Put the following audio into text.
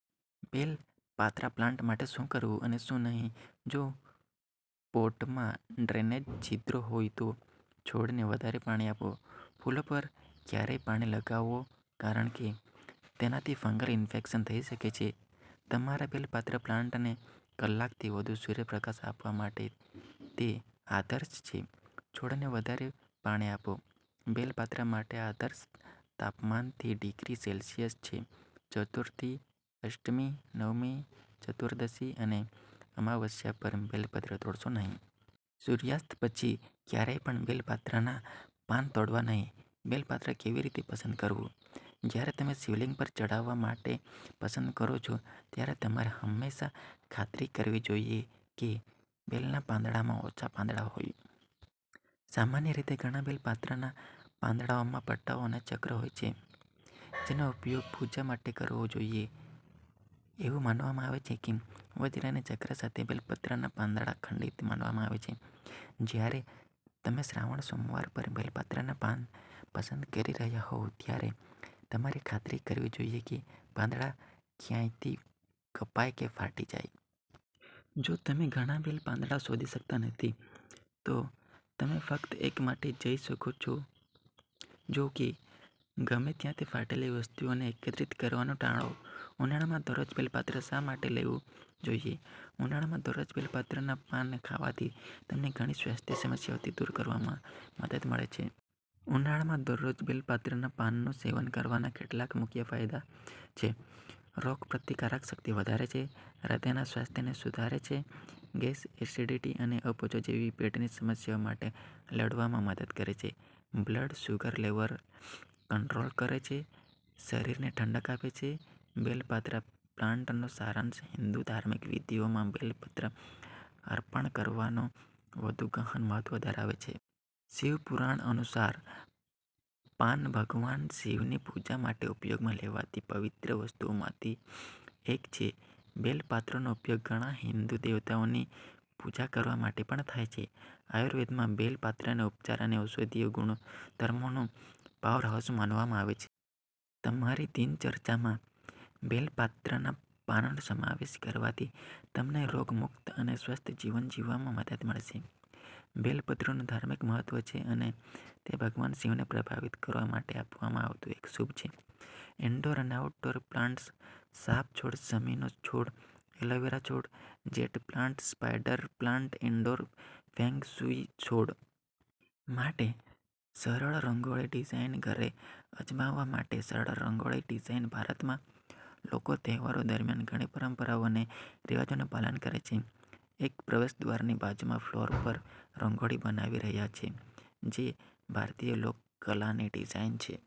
બેલ પાત્રા પ્લાન્ટ માટે શું કરવું અને શું નહીં જો પોટમાં ડ્રેનેજ છિદ્રોહોય તો છોડને વધારે પાણીઆપો. ફૂલો પર ક્યારેય પાણીલગાવો કારણ કે તેનાથી ફંગલ ઇન્ફેક્શન થઈ શકે છે તમારા બેલ પાત્ર પ્લાન્ટને કલાકથી વધુ સૂર્યપ્રકાશ આપવા માટે તે આદર્શ છે છોડને વધારે પાણીઆપો બેલ પાત્રા માટે આદર્શ તાપમાન થી -ડિગ્રી સેલ્સિયસ છે ચતુર્થી, અષ્ટમી, નવમી, ચતુર્દશી અને અમાવસ્યા પર બેલ પત્ર તોડશો નહીં. સૂર્યાસ્ત પછી ક્યારેય પણ બેલ પાત્રના પાન તોડવા નહીં બેલ પાત્ર કેવી રીતે પસંદ કરવું? જ્યારે તમે શિવલિંગ પર ચઢાવવા માટે પસંદ કરો છો ત્યારે તમારે હંમેશા ખાતરી કરવી જોઈએ કે બેલના પાંદડામાં ઓછા પાંદડા હોય. સામાન્ય રીતે, ઘણા બેલ પાત્રના પાંદડાઓમાં પટ્ટાઓ અને ચક્ર હોય છે જેનો ઉપયોગ પૂજા માટેકરવો જોઈએ. એવું માનવામાં આવે છે કે વજ્ર અને ચક્ર સાથે બેલપત્રના પાંદડા ખંડિત માનવામાં આવે છે. જ્યારે તમે શ્રાવણ સોમવાર પર બેલ પાત્રના પાન પસંદ કરી રહ્યા હોવ, ત્યારે તમારે ખાતરી કરવી જોઈએ કે પાંદડા ક્યાંયથી કપાઈ કે ફાટીજાય. જો તમે ઘણા બેલ પાંદડા શોધી શકતા નથી, તો તમે ફક્ત એક માટે જઈ શકો છોજો કે, ગમે ત્યાંથી ફાટેલી વસ્તુઓને એકત્રિત કરવાનું ટાળો. ઉનાળામાં દરરોજ બેલ પાત્ર શા માટે લેવું જોઈએ? ઉનાળામાં દરરોજ બેલ પત્રાના પાન ખાવાથી તમને ઘણી સ્વાસ્થ્ય સમસ્યાઓ દૂર કરવામાં મદદ મળે છે. ઉનાળામાં દરરોજ બેલ પાત્રાના પાનનું સેવન કરવાનાકેટલાક મુખ્ય ફાયદા છેરોગપ્રતિકારક શક્તિ વધારે છે હૃદયના સ્વાસ્થ્યને સુધારે છે ગેસ, એસિડિટી અને અપચો જેવી પેટની સમસ્યાઓ સામે લડવામાં મદદ કરે છે બ્લડ શુગર લેવલ કંટ્રોલ કરે છે શરીરને ઠંડક આપે છે બેલ પાત્રા પ્લાન્ટનો સારાંશ હિંદુ ધાર્મિક વિધિઓમાં બેલ પત્ર અર્પણ કરવાનું વધુ ગહન મહત્વ ધરાવે છે. શિવપુરાણ અનુસાર, પાન ભગવાન શિવની પૂજા માટે ઉપયોગમાં લેવાતીપવિત્ર વસ્તુઓમાંથી એક છે. બેલ પાત્રનો ઉપયોગ ઘણા હિંદુ દેવતાઓની પૂજા કરવા માટે પણ થાય છે. આયુર્વેદમાં, બેલ પાત્રને ઉપચાર અને ઔષધીય ગુણધર્મોનું પાવરહાઉસ માનવામાં આવે છે. તમારી દિનચર્યામાં બેલ પાત્રના પાનનો સમાવેશ કરવાથી તમને રોગમુક્ત અને સ્વસ્થ જીવન જીવવામાં મદદ મળશે. બેલ પત્રનું ધાર્મિક મહત્વ છે અને તે ભગવાન શિવને પ્રભાવિત કરવા માટે આપવામાં આવતું એક શુભ છે. ઇન્ડોર અને આઉટડોર પ્લાન્ટ્સ સાપ છોડ શમીનો છોડ એલોવેરા છોડ jade plant spider plant indoor feng shui છોડ માટે સરળ રંગોળી ડિઝાઇનઘરે અજમાવવા માટે સરળ રંગોળી ડિઝાઇન ભારતમાં, લોકો તહેવારો દરમિયાન ઘણી પરંપરાઓ અને રિવાજોનું પાલન કરે છે. એક પ્રવેશદ્વારની બાજુમાં ફ્લોર પર રંગોળી બનાવી રહ્યા છે, જે ભારતીય લોક કલાની ડિઝાઇન છે.